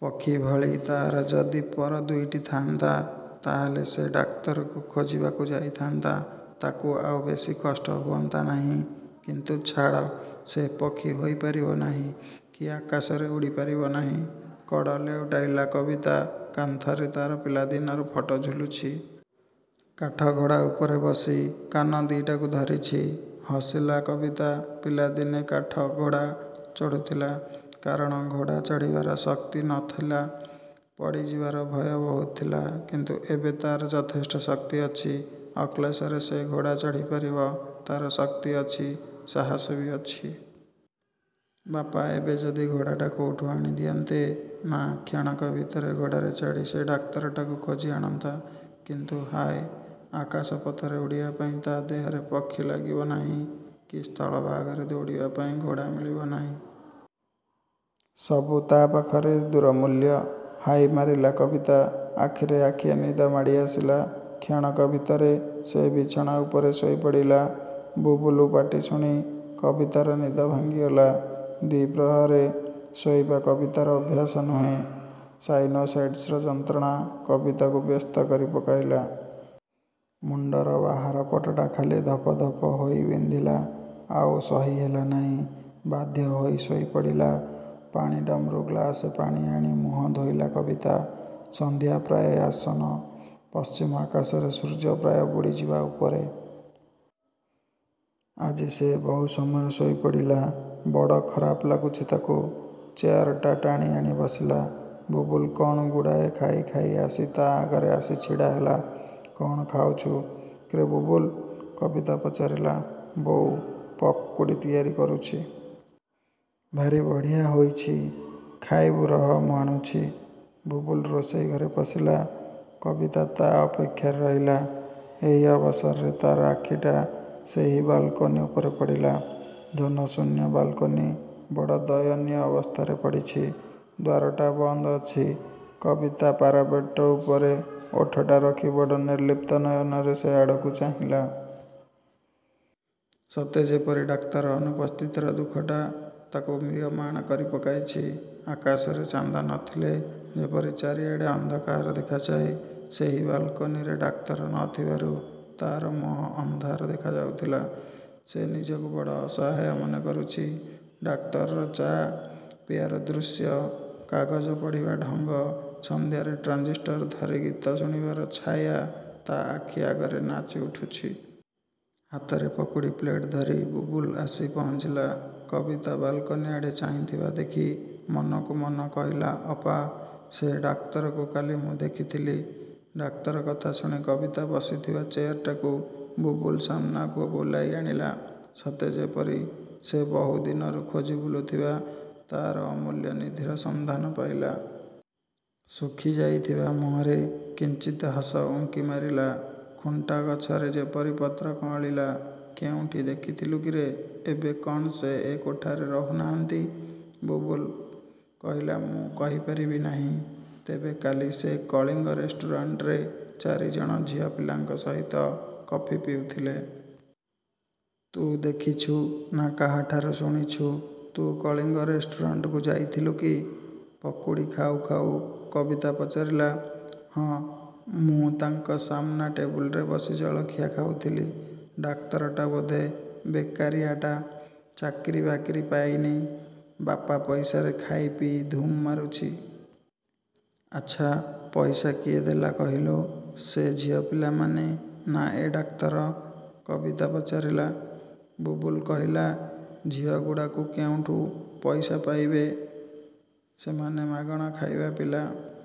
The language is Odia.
ପକ୍ଷୀଭଳି ତା'ର ଯଦି ପର ଦୁଇଟି ଥା'ନ୍ତା। ତା'ହେଲେ ସେ ଡାକ୍ତରକୁ ଖୋଜିବାକୁ ଯାଇଥା'ନ୍ତା, ତା'କୁ ଆଉ ବେଶି କଷ୍ଟ ହୁଅନ୍ତା ନାହିଁ। କିନ୍ତୁ ଛାଡ଼ ସେ ପକ୍ଷୀ ହୋଇପାରିବ ନାହିଁ, କି ଆକାଶରେ ଉଡ଼ି ପାରିବ ନାହିଁ। କଡ଼ ଲେଉଟାଇଲା କବିତା। କାନ୍ଥରେ ତା'ର ପିଲାଦିନର ଫଟୋ ଝୁଲୁଛି। କାଠଘୋଡ଼ା ଉପରେ ବସି କାନ ଦି'ଟାକୁ ଧରିଛି। ହସିଲା କବିତା। ପିଲାଦିନେ କାଠଘୋଡ଼ା ଚଢ଼ୁଥିଲା। କାରଣ ଘୋଡ଼ା ଚଢ଼ିବାର ଶକ୍ତି ନ ଥିଲା। ପଡ଼ିଯିବାର ଭୟ ବହୁତ ଥିଲା। କିନ୍ତୁ ଏବେ ତା'ର ଯଥେଷ୍ଟ ଶକ୍ତି ଅଛି। ଅକ୍ଳେଶରେ ସେ ଘୋଡ଼ା ଚଢ଼ି ପାରିବ। ତା'ର ଶକ୍ତି ଅଛି, ସାହସ ବି ଅଛି। ବାପା ଏବେ ଯଦି ଘୋଡ଼ାଟା କୋଉଠୁ ଆଣି ଦିଅନ୍ତେ ନା କ୍ଷଣକ ଭିତରେ ଘୋଡ଼ାରେ ଚଢ଼ି ସେ ଡାକ୍ତରଟାକୁ ଖୋଜି ଆଣନ୍ତା। କିନ୍ତୁ ହାଏ ଆକାଶ ପଥରେ ଉଡ଼ିବା ପାଇଁ ତା' ଦେହରେ ପକ୍ଷୀ ଲାଗିବ ନାହିଁ କି ସ୍ଥଳ ଭାଗରେ ଦୌଡ଼ିବା ପାଇଁ ଘୋଡ଼ା ମିଳିବ ନାହିଁ। ସବୁ ତା' ପାଖରେ ଦୂର ମୂଲ୍ୟ। ହାଇ ମାରିଲା କବିତା। ଆଖିରେ ଆଖିଏ ନିଦ ମାଡ଼ି ଆସିଲା କ୍ଷଣକ ଭିତରେ, ସେ ବିଛଣା ଉପରେ ଶୋଇପଡ଼ିଲା। ବୁବୁଲୁ ପାଟି ଶୁଣି କବିତାର ନିଦ ଭାଙ୍ଗିଗଲା। ଦି'ପ୍ରହରେ ଶୋଇବା କବିତାର ଅଭ୍ୟାସ ନୁହେଁ। ସାଇନୋସାଇଟ୍ସର ଯନ୍ତ୍ରଣା କବିତାକୁ ବ୍ୟସ୍ତ କରି ପକାଇଲା। ମୁଣ୍ଡର ବାହାର ପଟଟା ଖାଲି ଧପ ଧପ ହୋଇ ବିନ୍ଧିଲା। ଆଉ ସହି ହେଲା ନାହିଁ। ବାଧ୍ୟ ହୋଇ ଶୋଇ ପଡ଼ିଲା। ପାଣି ଡମ୍ରୁ ଗ୍ଳାସେ ପାଣି ଆଣି ମୁହଁ ଧୋଇଲା କବିତା। ସନ୍ଧ୍ୟା ପ୍ରାଏ ଆସନ୍ନ। ପଶ୍ଚିମ ଆକାଶରେ ସୂର୍ଯ୍ୟ ପ୍ରାୟ ବୁଡ଼ିଯିବା ଉପରେ। ଆଜି ସେ ବହୁ ସମୟ ଶୋଇ ପଡ଼ିଲା। ବଡ଼ ଖରାପ ଲାଗୁଛି ତା'କୁ। ଚେୟାରଟା ଟାଣିଆଣି ବସିଲା। ବୁବୁଲୁ କ'ଣ ଗୁଡ଼ାଏ ଖାଇ ଖାଇ ଆସି ତା'ଆଗରେ ଆସି ଛିଡ଼ା ହେଲା। କ'ଣ ଖାଉଛୁ କିରେ ବୁବୁଲୁ? କବିତା ପଚାରିଲା। ବୋଉ ପକୁଡ଼ି ତିଆରି କରୁଛି। ଭାରି ବଢ଼ିଆ ହୋଇଛି। ଖାଇବୁ ରହ ମୁଁ ଆଣୁଛି। ବୁବୁଲୁ ରୋଷେଇ ଘରେ ପଶିଲା। କବିତା ତା' ଅପେକ୍ଷାରେ ରହିଲା। ଏହି ଅବସରରେ ତା'ର ଆଖିଟା ସେହି ବାଲକୋନି ଉପରେ ପଡ଼ିଲା। ଜନଶୂନ୍ୟ ବାଲକୋନି ବଡ଼ ଦୟନୀୟ ଅବସ୍ଥାରେ ପଡ଼ିଛି। ଦ୍ୱାରଟା ବନ୍ଦ ଅଛି। କବିତା ପାରାପେଟ ଉପରେ ଓଠଟା ରଖି ବଡ଼ ନିର୍ଲିପ୍ତ ନୟନରେ ସେ ଆଡ଼କୁ ଚାହିଁଲା,। ସତେ ଯେପରି ଡାକ୍ତର ଅନୁପସ୍ଥିତିର ଦୁଃଖଟା ତା'କୁ ମ୍ରିୟମାଣ କରି ପକାଇଛି। ଆକାଶରେ ଚାନ୍ଦ ନ ଥିଲେ ଯେପରି ଚାରିଆଡ଼େ ଅନ୍ଧକାର ଦେଖାଯାଏ, ସେହି ବାଲକୋନିରେ ଡାକ୍ତର ନ ଥିବାରୁ ତା'ର ମୁହଁ ଅନ୍ଧାର ଦେଖାଯାଉଥିଲା। ସେ ନିଜକୁ ବଡ଼ ଅସହାୟ ମନେ କରୁଛି। ଡାକ୍ତରର ଚା' ପିଆର ଦୃଶ୍ୟ, କାଗଜ ପଢ଼ିବା ଢଙ୍ଗ, ସନ୍ଧ୍ୟାରେ ଟ୍ରାଞ୍ଜିଷ୍ଟର ଧରି ଗୀତ ଶୁଣିବାର ଛାୟା ତା' ଆଖି ଆଗରେ ନାଚି ଉଠୁଛି। ହାତରେ ପକୁଡ଼ି ପ୍ଳେଟ ଧରି ବୁବୁଲୁ ଆସି ପହଞ୍ଚିଲା। କବିତା ବାଲକୋନି ଆଡ଼େ ଚାହିଁଥିବା ଦେଖି ମନକୁ ମନ କହିଲା ଅପା, ସେ ଡାକ୍ତରକୁ କାଲି ମୁଁ ଦେଖିଥିଲି। ଡାକ୍ତର କଥାଶୁଣି କବିତା ବସିଥିବା ଚେୟାରଟାକୁ ବୁବୁଲୁ ସାମନାକୁ ବୁଲାଇ ଆଣିଲା। ସତେ ଯେପରି ସେ ବହୁ ଦିନରୁ ଖୋଜି ବୁଲୁଥିବା ତା'ର ଅମୂଲ୍ୟ ନିଧିର ସନ୍ଧାନ ପାଇଲା। ଶୁଖିଯାଇଥିବା ମୁହଁରେ କିଞ୍ଚିତ୍ ହସ ଉଙ୍କି ମାରିଲା। ଖୁଣ୍ଟା ଗଛରେ ଯେପରି ପତ୍ର କଅଁଳିଲା। କେଉଁଠି ଦେଖିଥିଲୁ କିରେ ଏବେ କ'ଣ ସେ ଏ କୋଠାରେ ରହୁ ନାହାନ୍ତି? ବୁବୁଲୁ କହିଲା ମୁଁ କହିପାରିବି ନାହିଁ। ତେବେ କାଲି ସେ କଳିଙ୍ଗ ରେଷ୍ଟୁରାଣ୍ଟରେ ଚାରିଜଣ ଝିଅପିଲାଙ୍କ ସହିତ କଫି ପିଉଥିଲେ। ତୁ ଦେଖିଛୁ ନା କାହାଠାରୁ ଶୁଣିଛୁ। ତୁ କଳିଙ୍ଗ ରେଷ୍ଟୁରାଣ୍ଟକୁ ଯାଇଥିଲୁ କି? ପକୁଡ଼ି ଖାଉ ଖାଉ କବିତା ପଚାରିଲା। ହଁ ମୁଁ ତାଙ୍କ ସାମନା ଟେବୁଲରେ ବସି ଜଳଖିଆ ଖାଉଥିଲି। ଡାକ୍ତରଟା ବୋଧେ ବେକାରିଆଟା। ଚାକିରି ବାକିରି ପାଇନି। ବାପା ପଇସାରେ ଖାଇପିଇ ଧୁମ୍ ମାରୁଛି। ଆଚ୍ଛା ପଇସା କିଏ ଦେଲା କହିଲୁ? ସେ ଝିଅପିଲାମାନେ ନା ଏ ଡାକ୍ତର? କବିତା ପଚାରିଲା। ବୁବୁଲୁ କହିଲା, ଝିଅଗୁଡ଼ାକୁ କେଉଁଠୁ ପଇସା ପାଇବେ। ସେମାନେ ମାଗଣା ଖାଇବା ପିଲା।